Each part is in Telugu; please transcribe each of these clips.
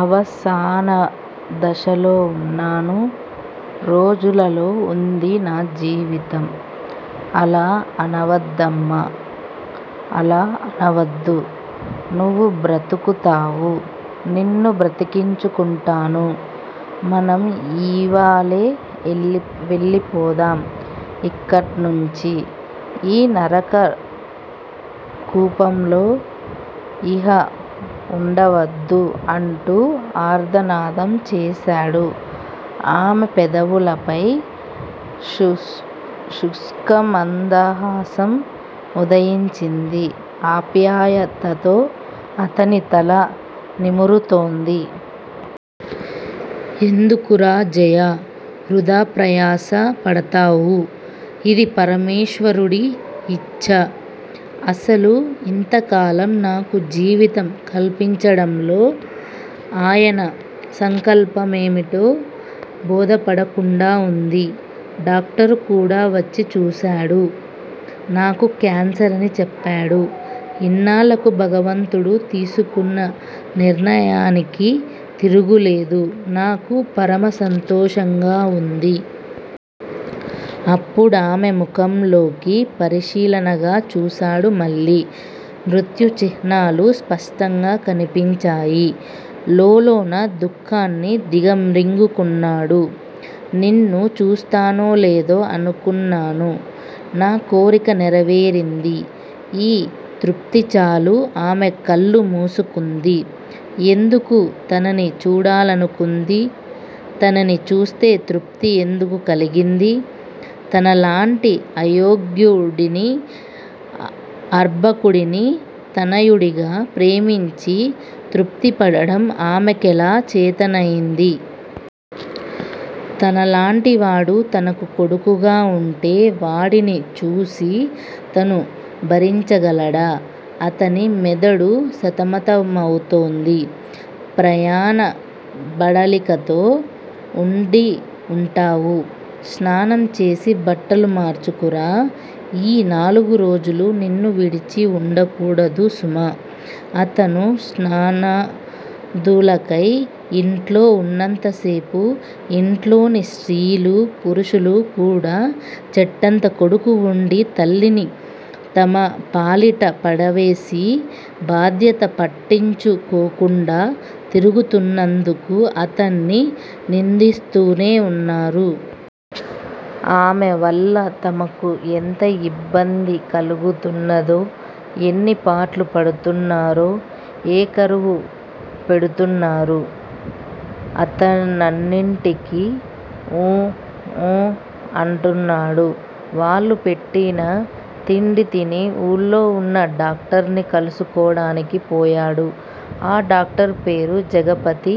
అవసానదశలో వున్నాను. రోజులలో వుంది నా జీవితం. అలా అనవద్దమ్మా. అలా అనవద్దు. నువ్వు బ్రతుకుతావు. నిన్ను బ్రతికించుకుంటాను. మనం యివాళే వెళ్ళిపోదాం యిక్కడ్నుంచి, ఈ నరక కూపంలో యిహ వుండవద్దు అంటూ ఆర్తనాదం చేశాడు. ఆమె పెదవులపై శుష్కమందహాసం ఉదయించింది. ఆప్యాయతతో అతని తల నిమురుతోంది. ఎందుకురా జయా! వృధా ప్రయాస పడతావు? ఇది పరమేశ్వరుడి యిచ్ఛ. అసలు యింతకాలం నాకు జీవితం కల్పించటంలో ఆయన సంకల్పమేమిటో బోధపడకుండా వుంది. డాక్టరుకూడా వచ్చి చూశాడు. నాకు క్యాన్సర్ అని చెప్పాడు. ఇన్నాళ్ళకు భగవంతుడు తీసుకున్న నిర్ణయానికి తిరుగులేదు. నాకు పరమ సంతోషంగా వుంది. అప్పుడామె ముఖంలోకి పరిశీలనగా చూశాడు మళ్ళీ. మృత్యుచిహ్నాలు స్పష్టంగా కనిపించాయి. లోలోన దుఃఖాన్ని దిగమ్రింగుకున్నాడు. నిన్ను చూస్తానోలేదో అనుకున్నాను. నా కోరిక నెరవేరింది. ఈ తృప్తిచాలు ఆమె కళ్ళు మూసుకుంది. ఎందుకు తనని చూడాలనుకుంది? తనని చూస్తే తృప్తి ఎందుకు కలిగింది? తనలాంటి అయోగ్యుడిని, అర్భకుడిని తనయుడిగా ప్రేమించి, తృప్తిపడటం ఆమెకెలా చేతనైంది? తనలాంటివాడు తనకు కొడుకుగా వుంటే వాడిని చూసి తను భరించగలడా? అతని మెదడు సతమతమవుతోంది. ప్రయాణ బడలికతో ఉండివుంటావు. స్నానంచేసి బట్టలు మార్చుకూరా. ఈ నాలుగురోజులూ నిన్ను విడిచి వుండకూడదు సుమా. అతను స్నానాదులకై యింట్లో వున్నంతసేపూ యింట్లోని స్త్రీలూ, పురుషులూ కూడా చెట్టంత కొడుకు వుండి, తల్లిని తమపాలిట పడవేసి, బాధ్యత పట్టించుకోకుండా తిరుగుతున్నందుకు అతన్ని నిందిస్తూనే వున్నారు. ఆమెవల్ల తమకు ఎంత యిబ్బంది కలుగుతున్నదో, యెన్ని పాట్లు పడుతున్నారో ఏకరువు పెడుతున్నారు. అతనన్నిటికి ఊఁ, ఊఁ అంటున్నాడు. వాళ్ళు పెట్టిన తిండి తిని ఊళ్ళో వున్న డాక్టర్ని కలుసుకొనటానికి పోయాడు. ఆ డాక్టరుపేరు Jagapathi.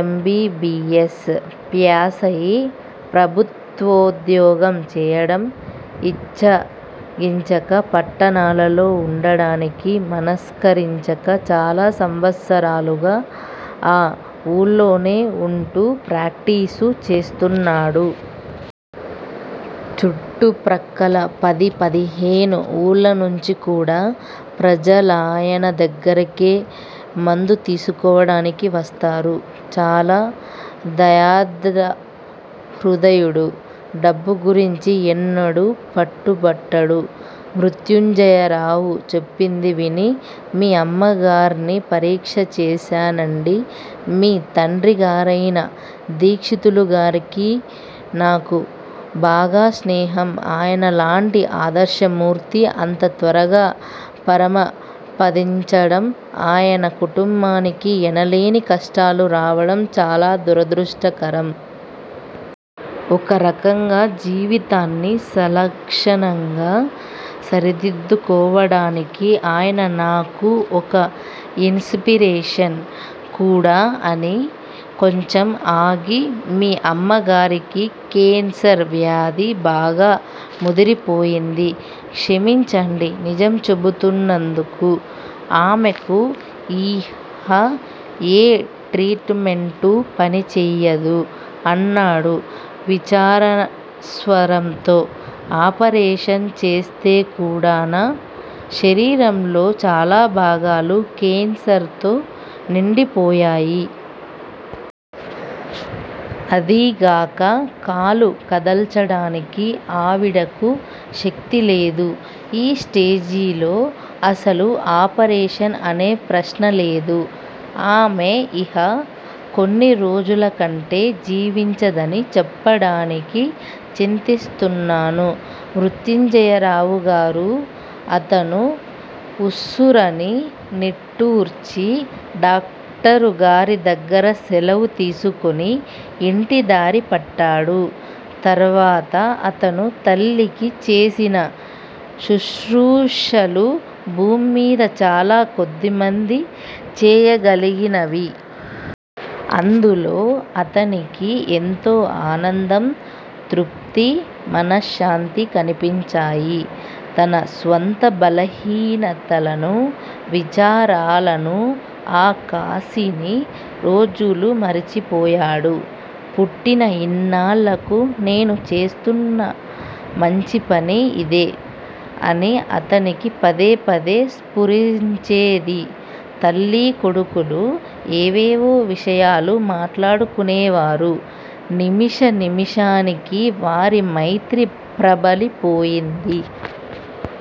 M. B. B. S. ప్యాసయి, ప్రభుత్వోద్యోగం చేయటం యిచ్ఛగించక పట్టణాలలో వుండటానికి మనస్కరించక చాలా సంవత్సరాలుగా ఆ వూళ్ళోనే వుంటూ ప్రాక్టీసు చేస్తున్నాడు. చుట్టుప్రక్కల పది పదిహేను ఊళ్ళనుంచికూడా ప్రజలాయన దగ్గరకే మందు తీసుకొనటానికి వస్తారు. చాలా దయార్ద్రహృదయుడు. డబ్బుగురించి ఎన్నడూ పట్టుబట్టడు. మృత్యుంజయరావు చెప్పింది విని మీ అమ్మగార్ని పరీక్ష చేశానండీ. మీ తండ్రిగారైన దీక్షితులుగారికీ నాకూ బాగా స్నేహం ఆయనలాంటి ఆదర్శమూర్తి అంత త్వరగా పరమపదించటం, ఆయన కుటుంబానికి ఎనలేని కష్టాలు రావటం చాలా దురదృష్టకరం. ఒకరకంగా జీవితాన్ని సలక్షణంగా సరిదిద్దుకోవటానికి ఆయన నాకు ఒక యిన్స్పిరేషన్ కూడా అని కొంచెం ఆగి మీ అమ్మగారికి కేన్సర్ వ్యాధి బాగా ముదిరిపోయింది. క్షమించండి నిజం చేబుతూన్నందుకు. ఆమెకు యిహ ఏ ట్రీట్ మెంటూ పనిచెయ్యదు అన్నాడు విచారస్వరంతో. ఆపరేషన్ చేస్తేకూడానా? శరీరంలో చాలాభాగాలు కేన్సర్ తో నిండిపోయాయి. అదీగాక కాలు కదల్చటానికి ఆవిడకు శక్తిలేదు. ఈ స్టేజిలో అసలు ఆపరేషన్ అనే ప్రశ్నలేదు. ఆమె యిహ కొన్నిరోజులకంటే జీవించదని చెప్పటానికి చింతిస్తున్నాను మృత్యుంజయరావుగారూ! అతను ఉస్సురని నిట్టూర్చి, డాక్టరుగారిదగ్గర సెలవు తీసుకుని యింటిదారి పట్టాడు. తర్వాత అతను తల్లికి చేసిన శుశ్రూషలు భూమ్మీద చాలా కొద్దిమంది చేయగలిగినవి. అందులో అతనికి ఎంతో అనందం, తృప్తీ, మనశ్శాంతీ కనిపించాయి. తన స్వంత బలహీనతలనూ, విచారాలనూ ఆ కాసిని రోజులూ మరిచిపోయాడు. పుట్టిన యిన్నాళ్ళకు 'నేను చేస్తూన్న మంచిపని యిదే' అని అతనికి పదే పదే స్పురించేది. తల్లీకొడుకులు ఏవేవో విషయాలు మాట్లాడుకునేవారు. నిమిష నిమిషానికీ వారి మైత్రి ప్రబలిపోయింది.